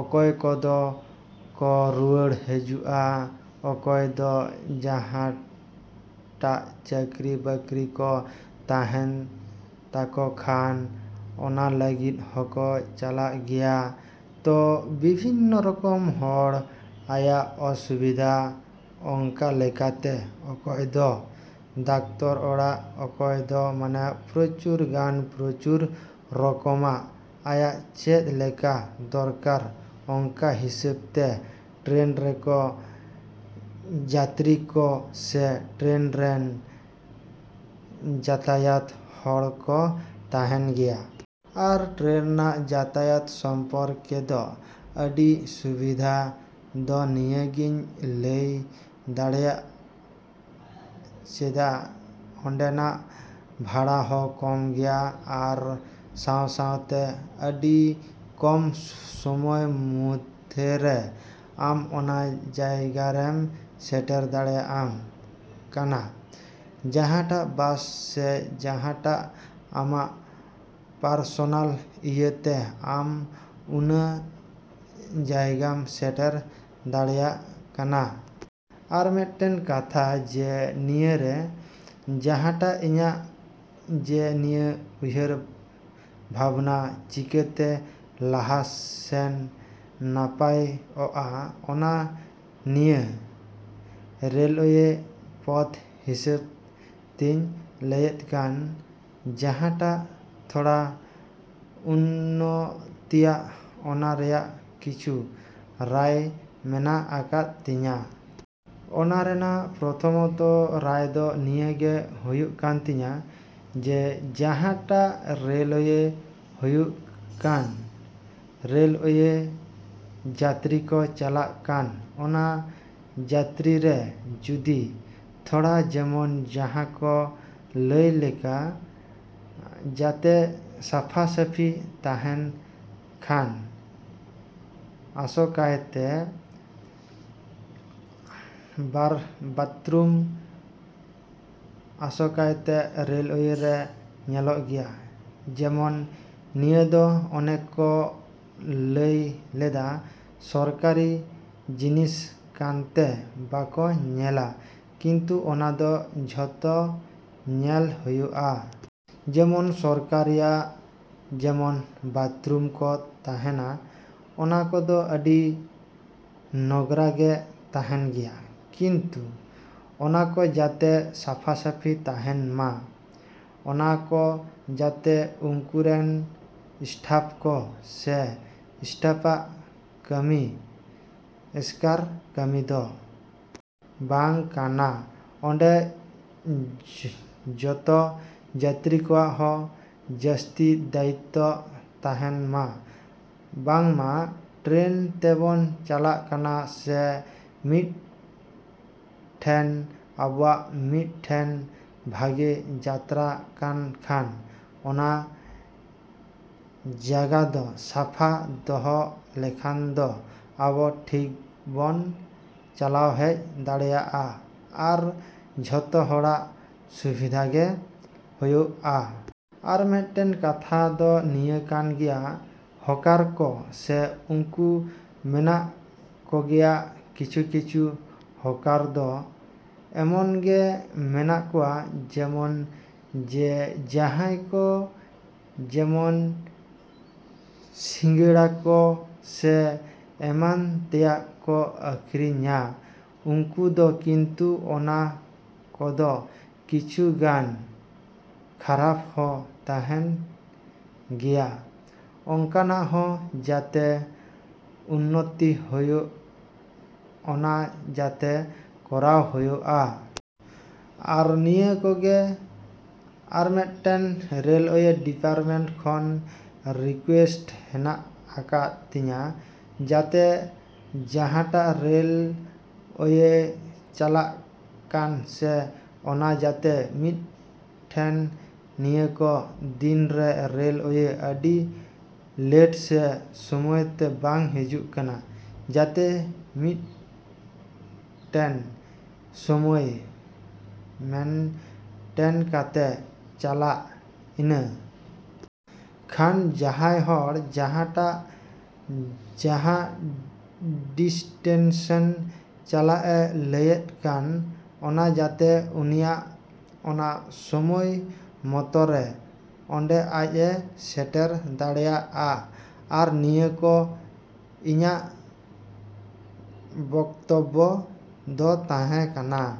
ᱚᱠᱚᱭ ᱠᱚᱫᱚ ᱠᱚ ᱨᱩᱭᱟᱹᱲ ᱦᱤᱡᱩᱜᱼᱟ ᱚᱠᱚᱭ ᱫᱚ ᱡᱟᱦᱟᱸᱴᱟᱜ ᱪᱟᱠᱨᱤ ᱵᱟᱠᱨᱤ ᱠᱚ ᱛᱟᱦᱮᱱ ᱛᱟᱠᱚ ᱠᱷᱟᱱ ᱚᱱᱟ ᱞᱟᱹᱜᱤᱫ ᱦᱚᱠᱚ ᱪᱟᱞᱟᱜ ᱜᱮᱭᱟ᱾ ᱛᱚ ᱵᱤᱵᱷᱤᱱᱱᱚ ᱨᱚᱠᱚᱢ ᱦᱚᱲ ᱟᱭᱟᱜ ᱚᱥᱩᱵᱤᱫᱷᱟ ᱚᱱᱠᱟ ᱞᱮᱠᱟᱛᱮ ᱚᱠᱚᱭ ᱫᱚ ᱰᱟᱠᱛᱚᱨ ᱚᱲᱟᱜ ᱚᱠᱚᱭ ᱫᱚ ᱢᱟᱱᱮ ᱯᱨᱚᱪᱩᱨ ᱜᱟᱱ ᱯᱨᱚᱪᱩᱨ ᱨᱚᱠᱚᱢᱟᱜ ᱟᱭᱟᱜ ᱪᱮᱫ ᱞᱮᱠᱟ ᱫᱚᱨᱠᱟᱨ ᱚᱱᱠᱟ ᱦᱤᱥᱟᱹᱵᱽ ᱛᱮ ᱴᱨᱮᱱ ᱨᱮᱠᱚ ᱡᱟᱛᱛᱨᱤ ᱠᱚ ᱥᱮ ᱴᱨᱮᱱ ᱨᱮᱱ ᱡᱟᱛᱟᱭᱟᱛ ᱦᱚᱲ ᱠᱚ ᱛᱟᱦᱮᱱ ᱜᱮᱭᱟ᱾ ᱟᱨ ᱴᱨᱮᱱ ᱨᱮᱭᱟᱜ ᱡᱟᱛᱟᱭᱟᱛ ᱥᱚᱢᱯᱨᱠᱮ ᱫᱚ ᱟᱹᱰᱤ ᱥᱩᱵᱤᱫᱷᱟ ᱫᱚ ᱱᱤᱭᱟᱹ ᱜᱮᱧ ᱞᱟᱹᱭᱟ ᱪᱮᱫᱟᱜ ᱡᱮ ᱚᱸᱰᱮᱱᱟᱜ ᱵᱷᱟᱲᱟ ᱦᱚᱸ ᱠᱚᱢ ᱜᱮᱭᱟ ᱟᱨ ᱥᱟᱶ ᱥᱟᱶᱛᱮ ᱟᱹᱰᱤ ᱠᱚᱢ ᱥᱳᱢᱳᱭ ᱢᱚᱫᱽᱫᱷᱮᱨᱮ ᱟᱢ ᱚᱱᱟ ᱡᱟᱭᱜᱟᱨᱮᱭ ᱥᱮᱴᱮᱨ ᱫᱟᱲᱮᱭᱟᱢ ᱠᱟᱱᱟ ᱡᱟᱦᱟᱸᱴᱟᱜ ᱵᱟᱥ ᱥᱮ ᱡᱟᱦᱟᱴᱟᱜ ᱟᱢᱟᱜ ᱯᱟᱨᱥᱚᱱᱟᱞ ᱤᱭᱟᱹᱛᱮ ᱟᱢ ᱩᱱᱟᱹ ᱡᱟᱭᱜᱟᱢ ᱥᱮᱴᱮᱨ ᱫᱟᱲᱮᱭᱟᱜ ᱠᱟᱱᱟ᱾ ᱟᱨ ᱢᱤᱫ ᱴᱮᱱ ᱠᱟᱛᱷᱟ ᱡᱮ ᱱᱤᱭᱟᱹᱨᱮ ᱡᱟᱦᱟ ᱴᱟᱜ ᱤᱧᱟᱹᱜ ᱡᱮ ᱱᱤᱭᱟᱹ ᱩᱭᱦᱟ.ᱨ ᱵᱷᱟᱵᱱᱟ ᱪᱤᱠᱟᱹᱛᱮ ᱞᱟᱦᱟ ᱥᱮᱱ ᱱᱟᱯᱟᱭ ᱚᱜ-ᱟ ᱚᱱᱟ ᱱᱤᱭᱟᱹ ᱨᱮᱞᱳᱣᱮ ᱯᱚᱫᱽ ᱦᱤᱥᱟᱹᱵ ᱛᱤᱧ ᱞᱟᱹᱭᱮᱫ ᱠᱟᱱ ᱡᱟᱦᱟᱸᱴᱟᱜ ᱛᱷᱚᱲᱟ ᱩᱱᱱᱚᱛᱤᱭᱟ ᱚᱱᱟ ᱨᱮᱭᱟᱜ ᱠᱤᱪᱷᱩ ᱨᱟᱭ ᱢᱮᱱᱟᱜ ᱟᱠᱟᱫ ᱛᱤᱧᱟ᱾ ᱚᱱᱟ ᱨᱮᱭᱟᱜ ᱯᱨᱚᱛᱷᱚᱢᱚᱛᱚ ᱨᱟᱭ ᱫᱚ ᱱᱤᱭᱟᱹᱜᱮ ᱦᱳᱭᱳᱜ ᱠᱟᱱ ᱛᱤᱧᱟ ᱡᱮ ᱡᱟᱦᱟᱸᱴᱟᱜ ᱨᱮᱞᱳᱣᱮ ᱦᱳᱭᱳᱜ ᱠᱟᱱ ᱨᱮᱞᱳᱣᱮ ᱡᱟᱛᱨᱤ ᱠᱚ ᱪᱟᱞᱟᱜ ᱠᱟᱱ ᱚᱱᱟ ᱡᱟᱛᱛᱨᱤ ᱨᱮ ᱡᱩᱫᱤ ᱛᱷᱚᱲᱟ ᱡᱮᱢᱚᱱ ᱡᱟᱦᱟᱸ ᱠᱚ ᱞᱟᱹᱭ ᱞᱮᱠᱟ ᱡᱟᱛᱮ ᱥᱟᱯᱷᱟ ᱥᱟᱹᱯᱷᱤ ᱛᱟᱦᱮᱱ ᱠᱷᱟᱱ ᱟᱥᱚᱠᱟᱭᱛᱮ ᱵᱟᱛᱨᱩᱢ ᱟᱥᱚᱠᱟᱭᱛᱮ ᱨᱮᱞᱳᱣᱮ ᱨᱮ ᱧᱮᱞᱚᱜ ᱜᱮᱭᱟ ᱡᱮᱢᱚᱱ ᱱᱤᱭᱟᱹ ᱫᱚ ᱚᱱᱮ ᱠᱚ ᱞᱟᱹᱭ ᱞᱮᱠᱟ ᱥᱚᱨᱠᱟᱨᱤ ᱡᱤᱱᱤᱥ ᱠᱟᱱ ᱛᱮ ᱵᱟᱠᱚ ᱧᱮᱞᱟ ᱠᱤᱱᱛᱩ ᱚᱱᱟ ᱠᱚ ᱡᱷᱚᱛᱚ ᱧᱮᱞ ᱦᱳᱭᱳᱜᱼᱟ᱾ ᱡᱮᱢᱚᱱ ᱥᱚᱨᱠᱟᱨᱤᱭᱟᱜ ᱡᱮᱢᱚᱱ ᱵᱟᱛᱷᱨᱩᱢ ᱠᱚ ᱛᱟᱦᱮᱱᱟ ᱚᱱᱟ ᱠᱚᱫᱚ ᱟᱹᱰᱤ ᱱᱚᱜᱽᱨᱟ ᱜᱮ ᱛᱟᱦᱮᱱ ᱜᱮᱭᱟ ᱠᱤᱱᱛᱩ ᱚᱱᱟᱠᱚ ᱡᱟᱛᱮ ᱥᱟᱯᱷᱟ ᱥᱟᱹᱯᱷᱤ ᱛᱟᱦᱮᱱ ᱢᱟ᱾ ᱚᱱᱟ ᱠᱚ ᱡᱟᱛᱮ ᱩᱱᱠᱩ ᱨᱮᱱ ᱥᱴᱟᱯ ᱠᱚ ᱥᱮ ᱥᱴᱟᱯᱟᱜ ᱠᱟᱢᱤ ᱮᱥᱠᱟᱨ ᱠᱟᱹᱢᱤ ᱫᱚ ᱵᱟᱝ ᱠᱟᱱᱟ ᱚᱸᱰᱮ ᱡᱚᱛᱚ ᱡᱟᱛᱨᱤ ᱠᱚᱣᱟᱜ ᱦᱚᱸ ᱡᱟᱥᱛᱤ ᱫᱟᱭᱤᱛᱛᱚ ᱛᱟᱦᱮᱱᱢᱟ ᱵᱟᱝᱢᱟ ᱴᱨᱮᱱ ᱛᱮᱵᱚᱱ ᱪᱟᱞᱟᱜ ᱠᱟᱱᱟ ᱥᱮ ᱢᱤᱫ ᱴᱮᱱ ᱟᱵᱚᱣᱟᱜ ᱢᱤᱫ ᱴᱮᱱ ᱵᱷᱟᱜᱮ ᱡᱟᱛᱛᱨᱟ ᱠᱟᱱ ᱠᱷᱟᱱ ᱚᱱᱟ ᱡᱟᱸᱜᱟ ᱫᱚ ᱥᱟᱯᱷᱟ ᱫᱚᱦᱚ ᱞᱮᱠᱷᱟᱱ ᱫᱚ ᱟᱵᱚ ᱴᱷᱤᱠ ᱵᱚᱱ ᱪᱟᱞᱟᱣ ᱦᱮᱡ ᱫᱟᱲᱮᱭᱟᱜᱼᱟ ᱟᱨ ᱡᱷᱚᱛᱚ ᱦᱚᱲᱟᱜ ᱥᱩᱵᱤᱫᱷᱟ ᱜᱮ ᱦᱳᱭᱳᱜᱼᱟ᱾ ᱟᱨ ᱢᱤᱫ ᱴᱮᱱ ᱠᱟᱛᱷᱟ ᱫᱚ ᱱᱤᱭᱟᱹ ᱠᱟᱱ ᱜᱮᱭᱟ ᱦᱚᱠᱟᱨ ᱠᱚ ᱥᱮ ᱩᱱᱠᱩ ᱢᱮᱱᱟᱜ ᱠᱚᱜᱮᱭᱟ ᱠᱤᱪᱷᱩ ᱠᱤᱪᱷᱩ ᱦᱚᱠᱟᱨ ᱫᱚ ᱮᱢᱚᱱ ᱜᱮ ᱢᱮᱱᱟᱜ ᱠᱚᱣᱟ ᱡᱮᱢᱚᱱ ᱡᱮ ᱡᱟᱦᱟᱸᱭ ᱠᱚ ᱡᱮᱢᱚᱱ ᱥᱤᱜᱟᱹᱲᱟ ᱠᱚ ᱥᱮ ᱮᱢᱟᱱ ᱛᱮᱭᱟᱜ ᱠᱚ ᱟᱹᱠᱷᱨᱤᱧᱟ ᱩᱱᱠᱩ ᱫᱚ ᱠᱤᱱᱛᱩ ᱚᱱᱟ ᱠᱚᱫᱚ ᱠᱤᱪᱷᱩ ᱜᱟᱱ ᱠᱷᱟᱨᱟᱯ ᱦᱚᱸ ᱛᱟᱦᱮᱱ ᱜᱮᱭᱟ ᱚᱱᱠᱟᱱᱟᱜ ᱦᱚᱸ ᱡᱟᱛᱮ ᱩᱱᱱᱚᱛᱤ ᱦᱳᱭᱳᱜ ᱚᱱᱟ ᱡᱟᱛᱮ ᱠᱚᱨᱟᱣ ᱦᱳᱭᱳᱜᱼᱟ᱾ ᱟᱨ ᱱᱤᱭᱟᱹ ᱠᱩᱜᱮ ᱟᱨ ᱢᱤᱫ ᱴᱮᱱ ᱨᱮᱞᱳᱣᱮ ᱰᱤᱯᱟᱨᱴᱢᱮᱱᱴ ᱠᱷᱚᱱ ᱨᱤᱠᱩᱭᱮᱥᱴ ᱦᱮᱱᱟᱜ ᱟᱠᱟᱫ ᱛᱤᱧᱟᱹ ᱡᱟᱛᱮ ᱡᱟᱦᱟᱸᱴᱟᱜ ᱨᱮᱞᱳᱣᱮ ᱪᱟᱞᱟᱜ ᱠᱟᱱ ᱥᱮ ᱚᱱᱟ ᱡᱟᱛᱮ ᱢᱤᱫ ᱴᱮᱱ ᱱᱤᱭᱟᱹᱠᱚ ᱫᱤᱱ ᱨᱮ ᱨᱮᱞᱳᱣᱮ ᱟᱹᱰᱤ ᱞᱮᱴ ᱥᱮ ᱥᱳᱢᱚᱭ ᱛᱮ ᱵᱟᱝ ᱦᱤᱡᱩᱜ ᱠᱟᱱᱟ ᱡᱟᱛᱮ ᱢᱤᱫ ᱴᱮᱱ ᱥᱳᱢᱳᱭ ᱢᱮᱱᱴᱮᱱ ᱠᱟᱛᱮ ᱪᱟᱞᱟᱜ ᱾ᱤᱱᱟᱹ ᱠᱷᱟᱱ ᱡᱟᱦᱟᱸᱭ ᱦᱚᱲ ᱡᱟᱦᱟᱸᱴᱟᱜ ᱡᱟᱸᱜᱟ ᱰᱤᱥᱴᱮᱱᱥᱮᱱ ᱪᱟᱞᱟᱜ ᱮ ᱞᱟᱹᱭᱮᱫ ᱠᱟᱱ ᱚᱱᱟ ᱡᱟᱛᱮ ᱩᱱᱤᱭᱟᱜ ᱚᱱᱟ ᱥᱳᱢᱳᱭ ᱢᱚᱛᱚᱨᱮ ᱚᱰᱮ ᱟᱡ ᱮ ᱥᱮᱴᱮᱨ ᱫᱟᱲᱮᱭᱟᱜᱼᱟ᱾ ᱟᱨ ᱱᱤᱭᱟᱹ ᱠᱚ ᱤᱧᱟᱜ ᱵᱚᱠᱛᱚᱵᱽᱵᱚ ᱫᱚ ᱛᱟᱦᱮᱸ ᱠᱟᱱᱟ᱾।